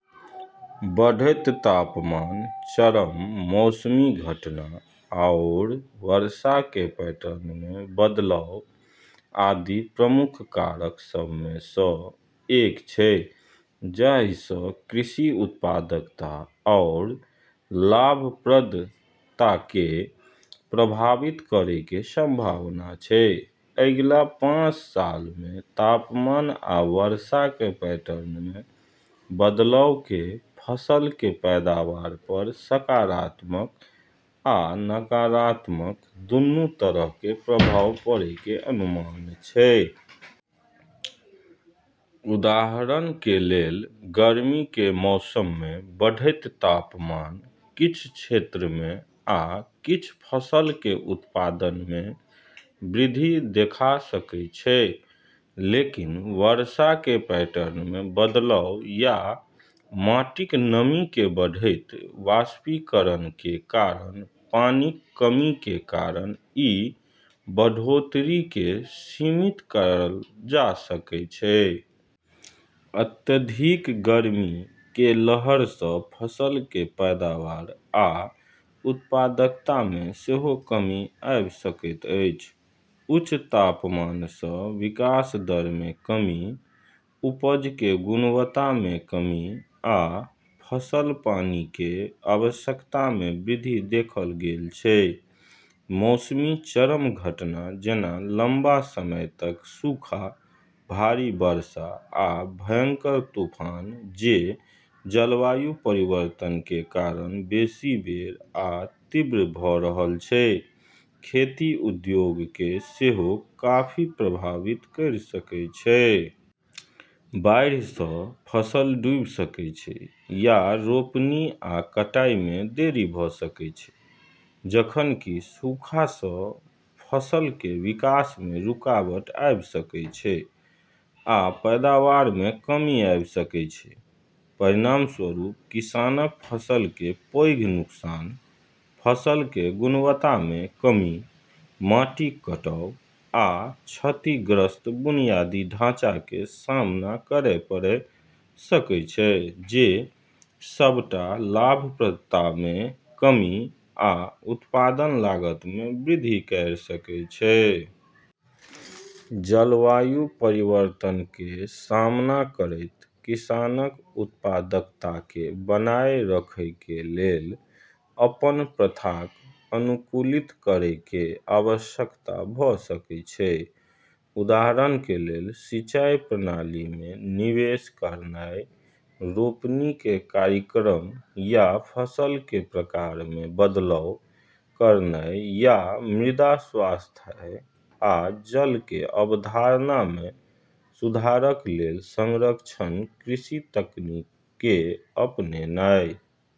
बढ़ैत तापमान, चरम मौसमी घटना, आओर वर्षाके पैटर्नमे बदलाव आदि प्रमुख कारक सभमे सँ एक छै जाहिसँ कृषि उत्पादकता आओर लाभप्रदताके प्रभावित करैके संभावना छै। अगिला पांच सालमे तापमान आ वर्षाके पैटर्नमे बदलावके फसलके पैदावार पर सकारात्मक आ नकारात्मक दुन्नू तरहके प्रभाव पड़यके अनुमान छै । उदाहरणके लेल गर्मीके मौसममे बढ़ैत तापमान किछ क्षेत्रमे आ किछ फसलके उत्पादनमे वृद्धि देखा सकै छै, लेकिन वर्षाके पैटर्नमे बदलाव या माटिक नमीके बढ़ैत वाष्पीकरणके कारण पानिक कमीके कारण ई बढ़ोत्तरीके सीमित करल जा सकै छै। अत्यधिक गर्मी के लहर सँ फसलके पैदावार आ उत्पादकतामे सेहो कमी आबि सकैत अछि; उच्च तापमानसँ विकास दरमे कमी, उपजके गुणवत्तामे कमी, आ फसल-पानिके आवश्यकतामे वृद्धि देखल गेल छै । मौसमी चरम घटना जेना लंबा समय तक सूखा, भारी वर्षा, आ भयंकर तूफान- जे जलवायु परिवर्तनके कारण बेशी बेर आ तीव्र भ' रहल छै, खेती उद्योगके सेहो काफी प्रभावित करि सकै छै । बाढ़िसँ फसल डूबि सकै छै या रोपनी आ कटाइमे देरी भ' सकै छै, जखन कि सूखासँ फसलके विकासमे रुकावट आबि सकै छै आ पैदावारमे कमी आबि सकै छै । परिणामस्वरूप किसानक फसलके पैघ नुकसान, फसलके गुणवत्तामे कमी, माटिक कटाव, आ क्षतिग्रस्त बुनियादी ढाँचाके सामना करय पड़य सकै छै, जे सबटा लाभप्रदतामे कमी आ उत्पादन लागतमे वृद्धि कयर सकै छै । जलवायु परिवर्तनके सामना करैत किसानक उत्पादकताके बनाए राखैके लेल अपन प्रथाक अनुकूलित करैके आवश्यकता भ' सकै छै, उदाहरणके लेल सिंचाई प्रणालीमे निवेश करनाइ, रोपनीके कार्यक्रम या फसलके प्रकारमे बदलाव करनाइ या मृदा स्वास्थ्य आ जलके अवधारणमे सुधारक लेल संरक्षण कृषि तकनीकके अपनेनाइ ।